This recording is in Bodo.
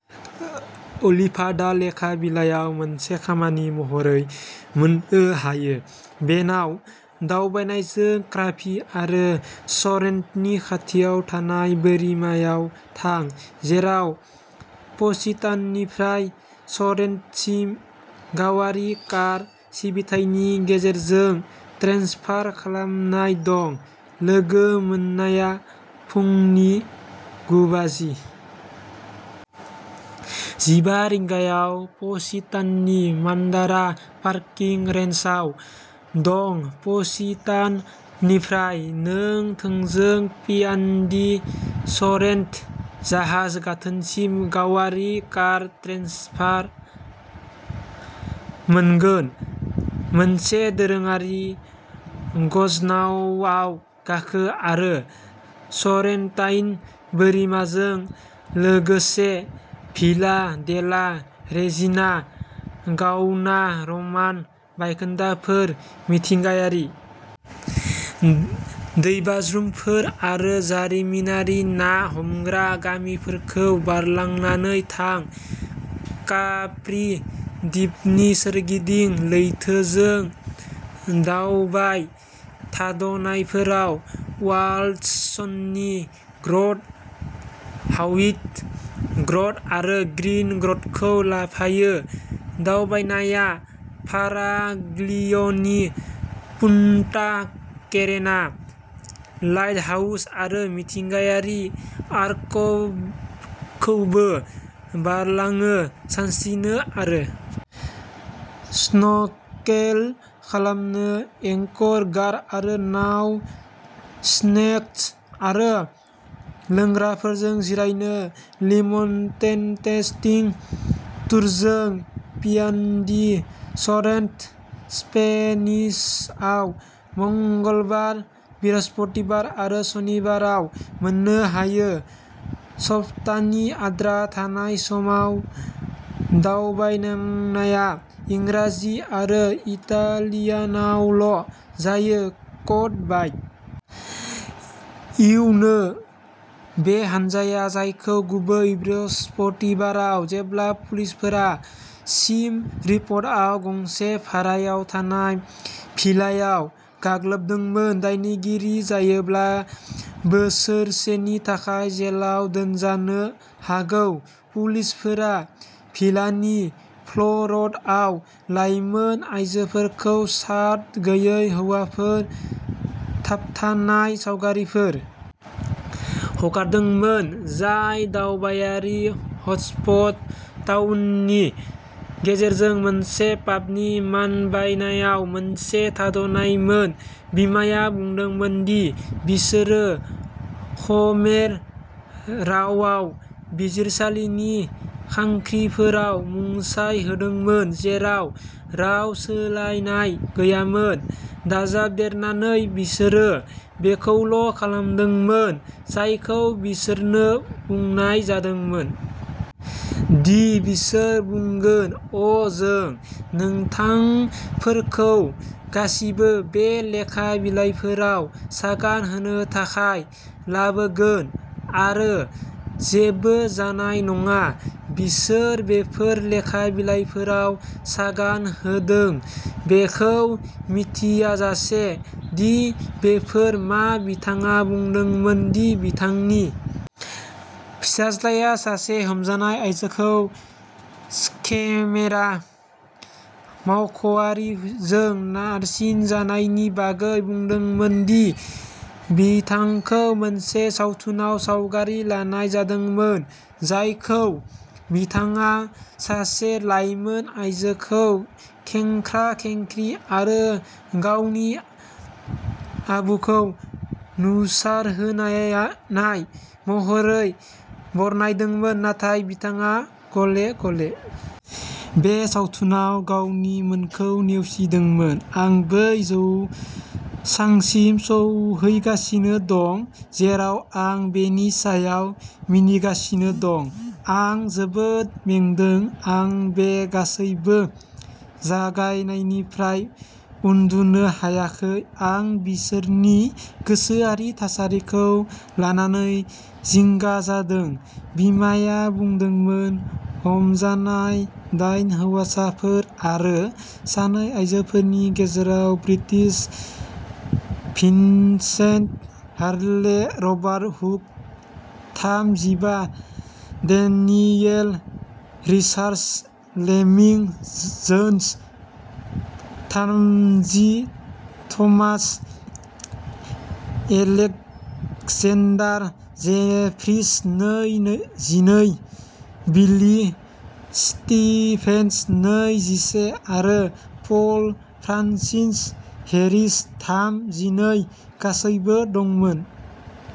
अलिभा दा लेखा बिलायाव मोनसे खामानि महरै मोननो हायो बे नाव दावबायनायजों काप्रि आरो सरेन्टनि खाथियाव थानाय बोरिमायाव थां जेराव पसिताननिफ्राय सरेन्टसिम गावारि कार सिबिथायनि गेजेरजों ट्रेन्सफार खालामनाय दं लोगो मोननाया फुंनि गुबाजि जिबा रिंगायाव पसिताननि मान्दारा पार्किं गेरेजाव दं पसितान'निफ्राय नों थोंजों पियानदि सरेन्ट जाहाज गाथोनसिम गावारि कार ट्रेन्सफार मोनगोन मोनसे दोरोङारि गजनावआव गाखो आरो सरेन्टाइन बोरिमाजों लोगोसे भिला डेला रेजिना गवान्ना रमान बायखोन्दाफोर मिथिंगायारि दैबाज्रुमफोर आरो जारिमिनारि ना हमग्रा गामिफोरखौ बारलांनानै थां काप्रि दिपनि सोरगिदिं लैथोजों दावबाय थाद'नायफोरा व'न्डार्सनि ग्रट व्हाइट ग्रट आरो ग्रीन ग्रटखौ लाफायो दावबायनाया फाराग्लियनि पुन्टा केरेना लाइटहाउस आरो मिथिंगायारि आर्कखौबो बारलाङो सानस्रिनो आरो स्नर्केल खालामनो एंकर गार आरो नावाव स्नेक्स आरो लोंग्राफोरजों जिरायनो लिमनसेलटेस्टिं टुरजों पियानदि सरेन्ट स्पेनिशआव मंगलबार बृहस्पतिबार आरो सनिबाराव मोननो हायो सप्तानि आद्रा थानाय समाव दावबायनाया इंराजि आरो इटालियानआव ल' जायो कड बाइ इउ नो बे हानजाया जायखौ गुबैयै बृहस्पतिबाराव जेब्ला पुलिसफोरा सिम रिपआव गंसे भारायाव थानाय भिलायाव गाग्लोबदोंमोन दायनिगिरि जायोब्ला बोसोरसेनि थाखाय जेलाव दोनजानो हागौ पुलिसफोरा भिलानि फ्ल'रआव लाइमोन आइजोफोरखौ सार्ट गैयै हौवाफोर थाबथानाय सावगारिफोर हगारदोंमोन जाय दावबायारि हटस्पट टाउननि गेजेरजों मोनसे पाबनि मानबायनायाव मोनसे थाद'नायमोन बिमाया बुंदोंमोन दि बिसोरो खमेर रावाव बिजिरसालिनि खाख्रिफोराव मुंसाइ होदोंमोन जेराव राव सोलायनाय गैयामोन दाजाबदेरनानै बिसोरो बेखौल' खालामदोंमोन जायखौ बिसोरनो बुंनाय जादोंमोन दि बिसोर बुंगोन अ जों नोंथांफोरखौ गासिबो बे लेखा बिलाइफोराव सागान होनो थाखाय लाबोगोन आरो जेबो जानाय नङा बिसोर बेफोर लेखा बिलाइफोराव सागान होदों बेखौ मिथियाजासे दि बेफोर मा बिथाङा बुंदोंमोन दि बिथांनि फिसाज्लाया सासे हमजानाय आयजोखौ सिखेमेरा मावख'आरिफोरजों नारसिनजानायनि बागै बुंदोंमोन दि बिथांखौ मोनसे सावथुनाव सावगारि लानाय जादोंमोन जायखौ बिथाङा सासे लाइमोन आयजोखौ खेंख्रा खेंख्रि आरो गावनि आबुखौ नुसारहोनायानाय महरै बरनायदोंमोन नाथाय बिथाङा गले गले बे सावथुनाव गावनिमोनखौ नेवसिदोंमोन आं बै जौसांसिम सौहैगासिनो दं जेराव आं बेनि सायाव मिनिगासिनो दं आं जोबोद मेंदों आं बे गासैबो जागायनायनिफ्राय उन्दुनो हायाखै आं बिसोरनि गोसोआरि थासारिखौ लानानै जिंगा जादों बिमाया बुंदोंमोन हमजानाय दाइन हौवाफोर आरो सानै आयजोफोरनि गेजेराव British Vincent Harley Robert Hooke थाम जिबा डेनियेल रिचार्ड लेमिं जोन्स थामजि थमास एलेक्जेन्डार जेफ्रिस नै जिनै बिली स्टीभेन्स नै जिसे आरो पल फ्रान्सिस हेरिस थाम जिनै गासैबो दंमोन।